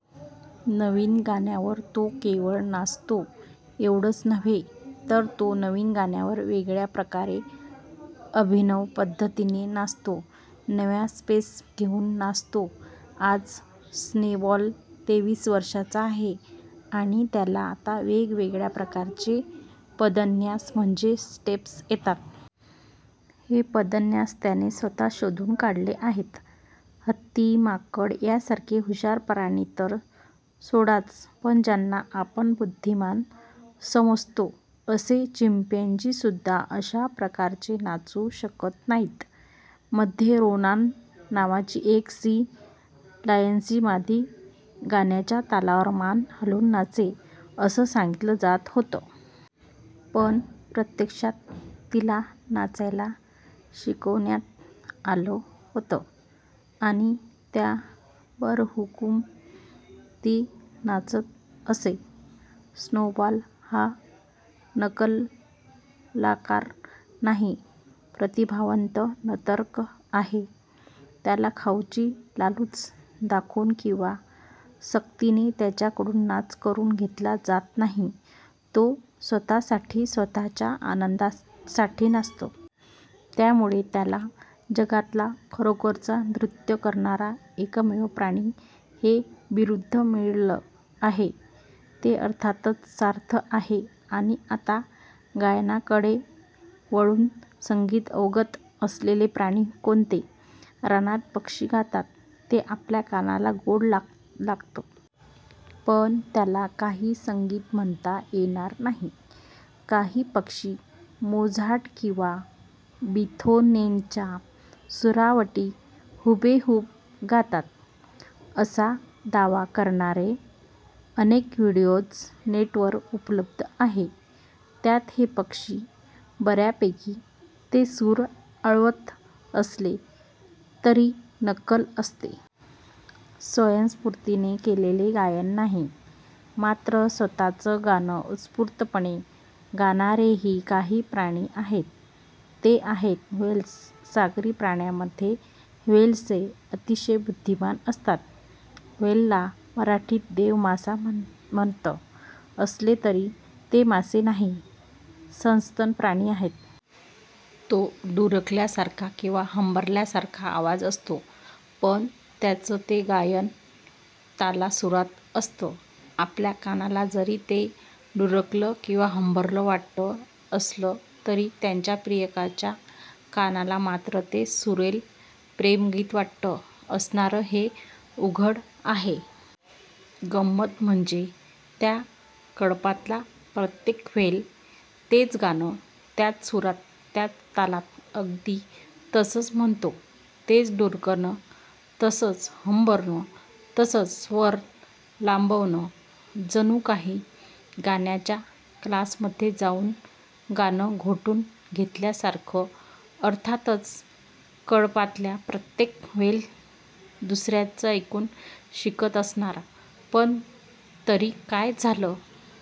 नवीन गाण्यावर तो केवळ नाचतो एवढंच नव्हे, तर तो नवीन गाण्यांवर वेगळ्या प्रकारे, अभिनव पद्धतीने नाचतो. नव्या स्टेप्स घेऊन नाचतो. आज स्नोबॉल तेवीस वर्षांचा आहे आणि त्याला आता वेगवेगळ्या प्रकारचे पदन्यास म्हणजे स्टेप्स येतात. हे पदन्यास त्याने स्वतः शोधून काढले आहेत. हत्ती, माकड यासारखे हुशार प्राणी तर सोडाच, पण ज्यांना आपण बुद्धिमान समजतो असे चिपॅन्झीसुद्धा अशा प्रकारे नाचू शकत नाहीत. मध्ये 'रोनान' नावाची एक सी लायनची मादी गाण्याच्या तालावर मान हलवून 'नाचते' असं सांगितलं जात होतं. पण प्रत्यक्षात तिला नाचायला शिकवण्यात आलं होतं आणि त्याबरहुकूम ती नाचत असे. स्नोबॉल हा नकलाकार नाही, प्रतिभावंत नर्तक आहे. त्याला खाऊची लालूच दाखवून किंवा सक्तीने त्याच्याकडून नाच करून घेतला जात नाही. तो स्वतःसाठी, स्वतःच्या आनंदासाठी नाचतो. त्यामुळे त्याला 'जगातला खरोखरीच नृत्य करणारा एकमेव प्राणी' हे बिरुद मिळालं आहे. ते अर्थातच सार्थ आहे. आणि आता गायनकलेकडे वळूया. संगीत अवगत असलेले प्राणी कोणते? रानात पक्षी गातात. ते आपल्या कानाला गोड लागतं. पण त्याला काही संगीत म्हणता येणार नाही. काही पक्षी मोझार्ट किंवा बीथोवेनच्या सुरावटी हुबेहूब गातात, असा दावा करणारे अनेक व्हिडिओज नेटवर उपलब्ध आहेत. त्यात ते पक्षी बर्यापैकी ते सूर आळवत असले तरी ती नक्कल असते. स्वयंस्फूर्तीने केलेले गायन नाही. मात्र स्वतःचं गाणं उत्स्फूर्तपणे गाणारेही काही प्राणी आहेत. ते आहेत व्हेल्स. सागरी प्राण्यामध्ये व्हेल्स हे अतिशय बुद्धिमान असतात. व्हेलला मराठीत देवमासा म्हणत असले तरी ते मासे नाहीत, सस्तन प्राणी आहेत. तो डुरकल्यासारखा किंवा हंबरल्यासारखा आवाज असतो. पण त्यांचं ते गायन तालासुरात असतं. आपल्या कानाला जरी ते डुरकणं किंवा हंबरणं वाटत असलं तरी त्याच्या प्रियेच्या कानाला मात्र ते सुरेल प्रेमगीत वाटत असणार हे उघड आहे. गंमत म्हणजे त्या कळपातला प्रत्येक व्हेल तेच गाणं, त्याच सुरांत, त्याच तालात, अगदी तस्संच म्हणतो. तेच डुरकणं, तसंच हंबरणं, तसाच स्वर लांबवणं. जणू काही गाण्याच्या क्लासमध्ये जाऊन गाणं घोटून घेतल्यासारखं! अर्थातच कळपातला प्रत्येक व्हेल दुसर्याचं ऐकून शिकत असणार. पण तरी काय झालं?